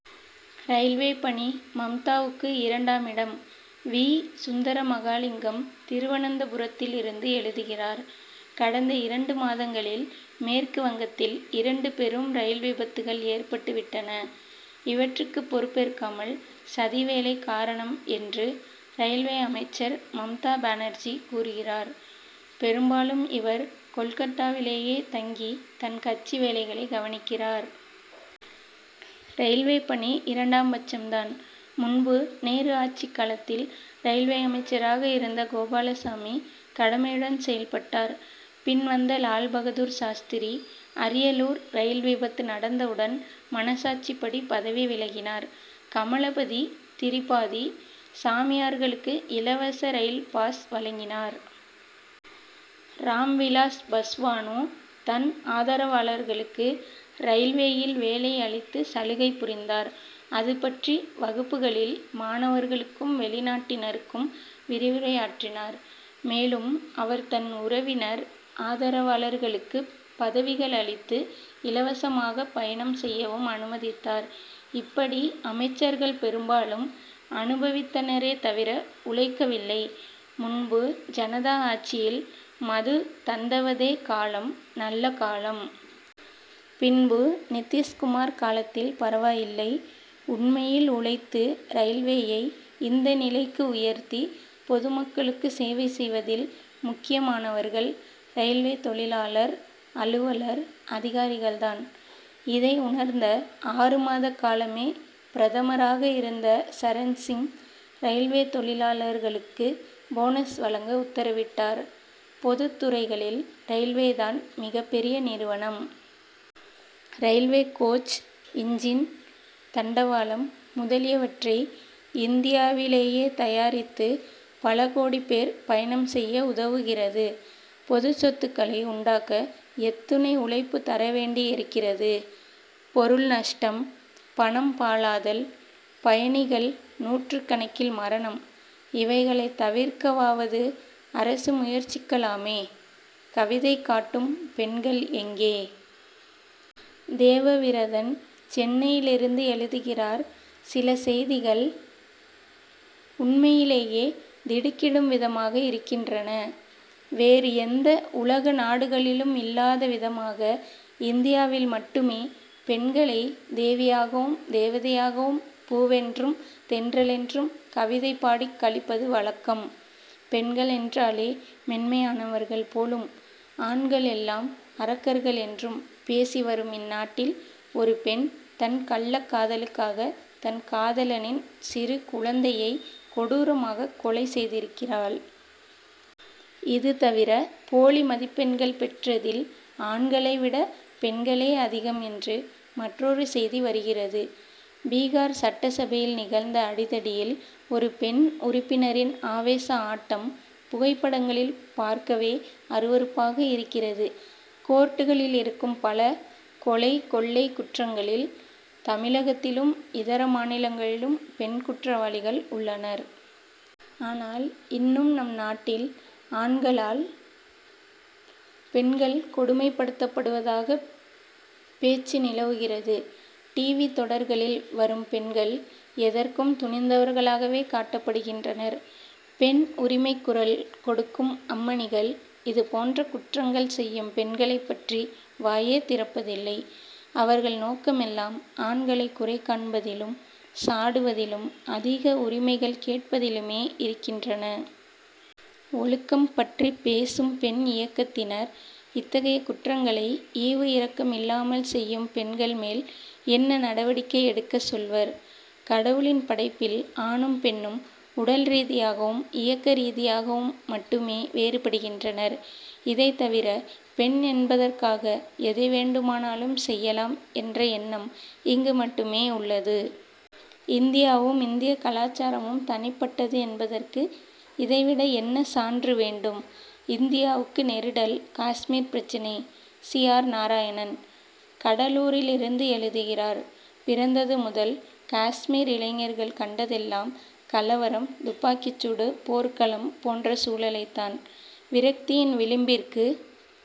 Railway பணி மம்தாவுக்குஇரண்டாமிடம்! V. Sundara Mahalingam, திருவனந்தபுரத்திலிருந்து எழுதுகிறார்: கடந்த இரண்டு மாதங்களில், மேற்கு வங்கத்தில் இரண்டு பெரும் ரயில் விபத்துகள் ஏற்பட்டு விட்டன. இவற்றுக்குப் பொறுப்பேற்காமல், "சதி வேலை காரணம்' என்று, ரயில்வே அமைச்சர் மம்தா பானர்ஜி கூறுகிறார். பெரும்பாலும் இவர் கோல்கட்டாவிலேயே தங்கி, தன் கட்சி வேலைகளைக் கவனிக்கிறார். ரயில்வே பணி இரண்டாம் பட்சம் தான். முன்பு, நேரு ஆட்சி காலத்தில் ரயில்வே அமைச்சராக இருந்த கோபாலசாமி, கடமையுடன் செயல்பட்டார். பின் வந்த லால்பகதூர் சாஸ்திரி, அரியலூர் ரயில் விபத்து நடந்தவுடன், மனசாட்சிப்படி பதவி விலகினார். கமலபதி திரிபாதி, சாமியார்களுக்கு இலவச ரயில் பாஸ் வழங்கினார். ராம்விலாஸ் பஸ்வானோ, தன் ஆதரவாளர்களுக்கு ரயில்வேயில் வேலை அளித்து சலுகை புரிந்தார். அதுபற்றி வகுப்புகளில், மாணவர்களுக்கும், வெளிநாட்டினருக்கும் விரிவுரையாற்றினார். மேலும், அவர் தன் உறவினர், ஆதரவாளர்களுக்குப் பதவிகள் அளித்து, இலவசமாகப் பயணம் செய்யவும் அனுமதித்தார். இப்படி அமைச்சர்கள் பெரும்பாலும் அனுபவித்தனரே தவிர உழைக்கவில்லை. முன்பு ஜனதா ஆட்சியில், மது தந்தவதே காலம் நல்ல காலம். பின்பு, நிதிஷ்குமார் காலத்தில் பரவாயில்லை. உண்மையில் உழைத்து, ரயில்வேயை இந்த நிலைக்கு உயர்த்தி, பொதுமக்களுக்கு சேவை செய்வதில் முக்கியமானவர்கள், ரயில்வே தொழிலாளர், அலுவலர், அதிகாரிகள் தான். இதை உணர்ந்த, ஆறு மாத காலமே பிரதமராக இருந்த சரண்சிங், ரயில்வே தொழிலாளர்களுக்கு போனஸ் வழங்க உத்தரவிட்டார். பொதுத் துறைகளில், ரயில்வே தான் மிகப்பெரிய நிறுவனம். ரயில்வே கோச், இன்ஜின், தண்டவாளம் முதலியவற்றை இந்தியாவிலேயே தயாரித்து, பல கோடிப் பேர் பயணம் செய்ய உதவுகிறது. பொதுச் சொத்துக்களை உண்டாக்க எத்துணை உழைப்பு தர வேண்டியிருக்கிறது! பொருள் நஷ்டம், பணம் பாழாதல், பயணிகள் நூற்றுக்கணக்கில் மரணம். இவைகளைத் தவிர்க்கவாவது அரசு முயற்சிக்கலாமே! கவிதை காட்டும் பெண்கள் எங்கே? தேவவிரதன், சென்னையிலிருந்து எழுதுகிறார்: சில செய்திகள் உண்மையிலேயே திடுக்கிடும் விதமாக இருக்கின்றன. வேறு எந்த உலக நாடுகளிலும் இல்லாத விதமாக, இந்தியாவில் மட்டுமே, பெண்களை தேவியாகவும், தேவதையாகவும், பூவென்றும், தென்றல் என்றும் கவிதை பாடிக் களிப்பது வழக்கம். பெண்கள் என்றாலே, மென்மையானவர்கள் போலும், ஆண்கள் எல்லாம் அரக்கர்கள் என்றும் பேசி வரும் இந்நாட்டில், ஒரு பெண் தன் கள்ளக் காதலுக்காக, தன் காதலனின் சிறு குழந்தையை கொடூரமாகக் கொலை செய்திருக்கிறாள். இது தவிர, போலி மதிப்பெண்கள் பெற்றதில், ஆண்களை விட, பெண்களே அதிகம் என்று மற்றொரு செய்தி வருகிறது. பீகார் சட்டசபையில் நிகழ்ந்த அடிதடியில், ஒரு பெண் உறுப்பினரின் ஆவேச ஆட்டம், புகைப்படங்களில் பார்க்கவே அருவருப்பாக இருக்கிறது. கோர்ட்டுகளில் இருக்கும் பல கொலை, கொள்ளை குற்றங்களில், தமிழகத்திலும், இதர மாநிலங்களிலும், பெண் குற்றவாளிகள் உள்ளனர். ஆனால், இன்னும் நம் நாட்டில், ஆண்களால், பெண்கள் கொடுமைப் படுத்தப்படுவதாக பேச்சு நிலவுகிறது. "டிவி' தொடர்களில் வரும் பெண்கள், எதற்கும் துணிந்தவர்களாகவே காட்டப்படுகின்றனர். பெண் உரிமைக்குக் குரல் கொடுக்கும் அம்மணிகள், இது போன்ற குற்றங்கள் செய்யும் பெண்களைப் பற்றி வாயே திறப்பதில்லை. அவர்கள் நோக்கம் எல்லாம், ஆண்களை குறை காண்பதிலும், சாடுவதிலும், அதிக உரிமைகள் கேட்பதிலுமே இருக்கின்றன. ஒழுக்கம் பற்றிப் பேசும் பெண் இயக்கத்தினர், இத்தகைய குற்றங்களை ஈவு இரக்கம் இல்லாமல் செய்யும் பெண்கள் மேல் என்ன நடவடிக்கை எடுக்க சொல்வர்? கடவுளின் படைப்பில் ஆணும், பெண்ணும், உடல் ரீதியாகவும், இயக்க ரீதியாகவும் மட்டுமே வேறுபடுகின்றனர். இதை தவிர, பெண் என்பதற்காக எதை வேண்டுமானாலும் செய்யலாம் என்ற எண்ணம் இங்கு மட்டுமே உள்ளது. இந்தியாவும், இந்திய கலாசாரமும் தனிப்பட்டது என்பதற்கு, இதை விட என்ன சான்று வேண்டும்? இந்தியாவுக்கு நெருடல் காஷ்மீர் பிரச்னை: சி. ஆர். நாராயணன், கடலூரிலிருந்து எழுதுகிறார்: பிறந்தது முதல் காஷ்மீர் இளைஞர்கள் கண்டதெல்லாம், கலவரம், துப்பாக்கிச் சூடு, போர்க்களம் போன்ற சூழலைத் தான். விரக்தியின் விளிம்பிற்கு